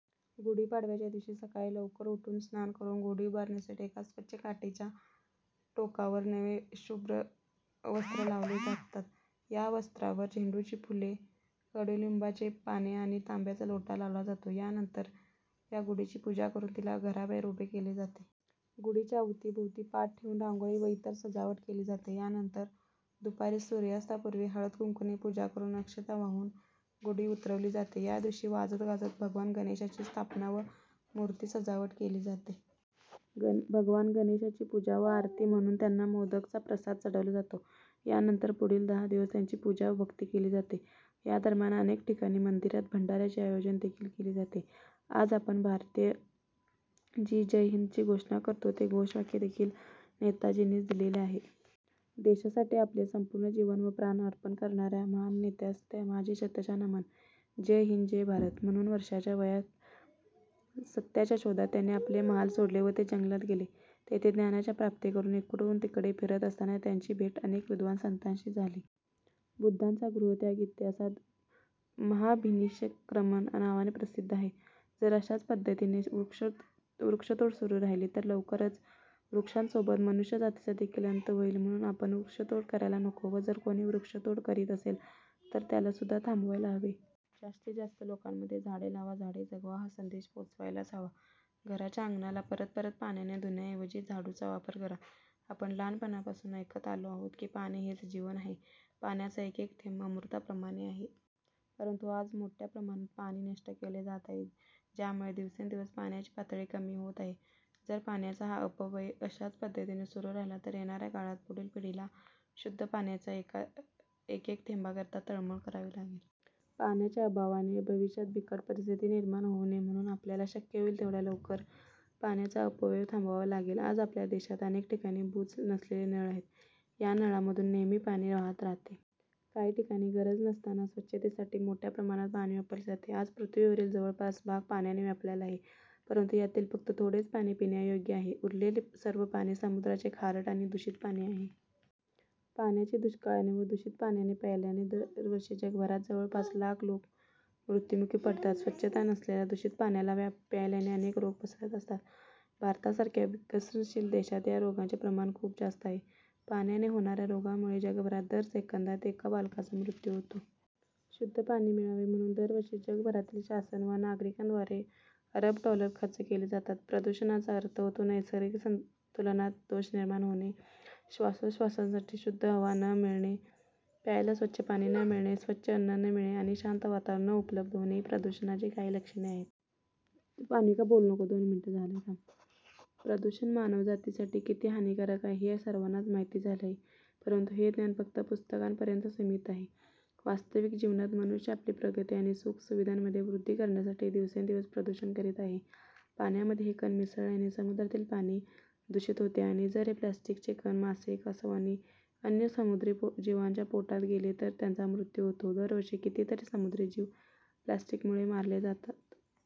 गुढी पाडव्याच्या दिवशी सकाळी लवकर उठून, स्नान करून गुढी उभारण्यासाठी एका स्वच्छ काठीच्या टोकावर नवे व शुभ्र वस्त्र लावले जातात. या नव वस्त्रांवर झेंडूची फुले, कडूलिंबाचे पाने आणि तांब्याचा लोटा लावला जातो. या नंतर या गुढीची पूजा करून तिला घराबाहेर उभे केले जाते. गुढीच्या अवतीभवती पाट ठेवून रांगोळी व इतर सजावट केली जाते. यानंतर दुपारी सूर्यास्तापूर्वी हळद-कुंकू ने पूजा करून अक्षता वाहून गुढी उतरवली जाते. या दिवशी वाजत गाजत भगवान गणेशांची स्थापना व मूर्ती सजावट केली जाते. भगवान गणेशांची पूजा व आरती म्हणून त्यांना मोदक चा प्रसाद चढवला जातो. यानंतर पुढील दहा दिवस त्यांची पूजा व भक्ती केली जाते. यादरम्यान अनेक ठिकाणी मंदिरात भंडाऱ्याचे आयोजन देखील केले जाते. आज आपण भारतीय जी जय हिन्द ची घोषणा करतो, ते घोषवाक्य देखील नेताजींनीच दिलेले आहे. देशासाठी आपले संपूर्ण जीवन व प्राण अर्पण करणाऱ्या महान नेत्यास माझे शतश नमन..! जय हिंद जय भारत. म्हणून वर्षाच्या वयात सत्याच्या शोधात त्यांनी आपले महाल सोडले व ते जंगलात गेले. तेथे ज्ञानाच्या प्राप्ती इकडून तिकडे फिरत असताना त्यांची भेट अनेक विद्वान संतांशी झाली. बुद्धांचा गृहत्याग इतिहासात 'महाभिनिशक्रमन' नावाने प्रसिद्ध आहे. जर अश्याच पद्धतीने वृक्षतोड सुरू राहिली तर लवकरच वृक्षांत सोबत मनुष्यजातीचा देखील अंत होईल. म्हणून आपण वृक्षतोड करायला नको व जर कोणी वृक्षतोड करीत असेल तर त्याला सुद्धा थांबायला हवे. जास्तीत जास्त लोकांमध्ये झाडे लावा झाडे जगवा हा संदेश पोहोचवायला हवा. घराच्या अंगणाला परत परत पाण्याने धुण्याऐवजी झाडू चा वापर करा. आपण लहानपणापासून ऐकत आलो आहोत की, पाणी हेच जीवन आहे. पाण्याचा एक एक थेंब अमृताप्रमाने आहे. परंतु आज मोठ्या प्रमाणात पाणी नष्ट केले जात आहे, ज्यामुळे दिवसेंदिवस पाण्याची पातळी कमी होत आहे. जर पाण्याचा हा अपव्यय अशाच पद्धतीने सुरू राहिला तर येणाऱ्या काळात, पुढील पिढीला शुद्ध पाण्याच्या एक एक थेंबाकरीता तळमळ करावी लागेल. पाण्याचा अभावाने भविष्यात बिकट परिस्थिती निर्माण होऊ नये म्हणून आपल्याला शक्य होईल तेवढ्या लवकर पाण्याचा अपव्यय थांबवावा लागेल. आज आपल्या देशात अनेक ठिकाणी बुच नसलेले नळ आहेत. या नळांमधून नेहमी पाणी वाहत राहते. काही ठिकाणी गरज नसतांना स्वच्छतेसाठी मोठ्या प्रमाणात पाणी वापरले जाते. आज पृथ्वीवरील जवळपास भाग पाण्याने व्यापलेला आहे. परंतु यातील फक्त थोडेच पाणी पिण्यायोग्य आहे. उरलेले सर्व पाणी समुद्राचे खारट आणि दूषित पाणी आहे. पाण्याचे दुष्काळाने व दूषित पाणी प्यायल्याने दरवर्षी जगभरात जवळपास लाख लोक मृत्यू मुखी पडतात. स्वच्छता नसलेल्या दूषित पाण्याला प्यायल्याने अनेक रोग पसरत असतात. भारतासारख्या विकसनशील देशात या रोगांचे प्रमाण खूप जास्त आहे. पाण्याने होणाऱ्या रोगांमुळे जगभरात दर सेकंदात एका बालकाचा मृत्यू होतो. शुद्ध पाणी मिळावे म्हणून दरवर्षी जगभरातील शासन व नगरिकांद्वारे अरब डॉलर खर्च केले जातात. प्रदूषणाचा अर्थ होतो नैसर्गिक संतुलनात दोष निर्माण होणे. श्वासो श्र्वसासाठी शुद्ध हवा न मिळणे, प्यायला स्वच्छ पाणी न मिळणे, स्वच्छ अन्न न मिळणे आणि शांत वातावरण न उपलब्ध होणे ही प्रदूषणाची काही लक्षणे आहेत. प्रदूषण मानवजातीसाठी किती हानिकारक आहे हे सर्वानाच माहीत झाले आहे. परंतु हे ज्ञान फक्त पुस्तकापर्यंत सीमित आहे. वास्तविक जीवनात मनुष्य आपली प्रगती आणि सुख सुविधामध्ये वृद्धी करण्यासाठी दिवसेंदिवस प्रदूषण करीत आहे. पाण्यामध्ये हे कण मिसळल्याने समुद्रामधील पाणी दूषित होते आणि जर हे प्लास्टिक चे कण मासे, कासव आणि अन्य समृद्धी जीवांचा पोटात गेले तर त्यांच्या मृत्यू होतो. दरवर्षी कितीतरी समुद्री जीव प्लास्टिकमुळे मारले जातात.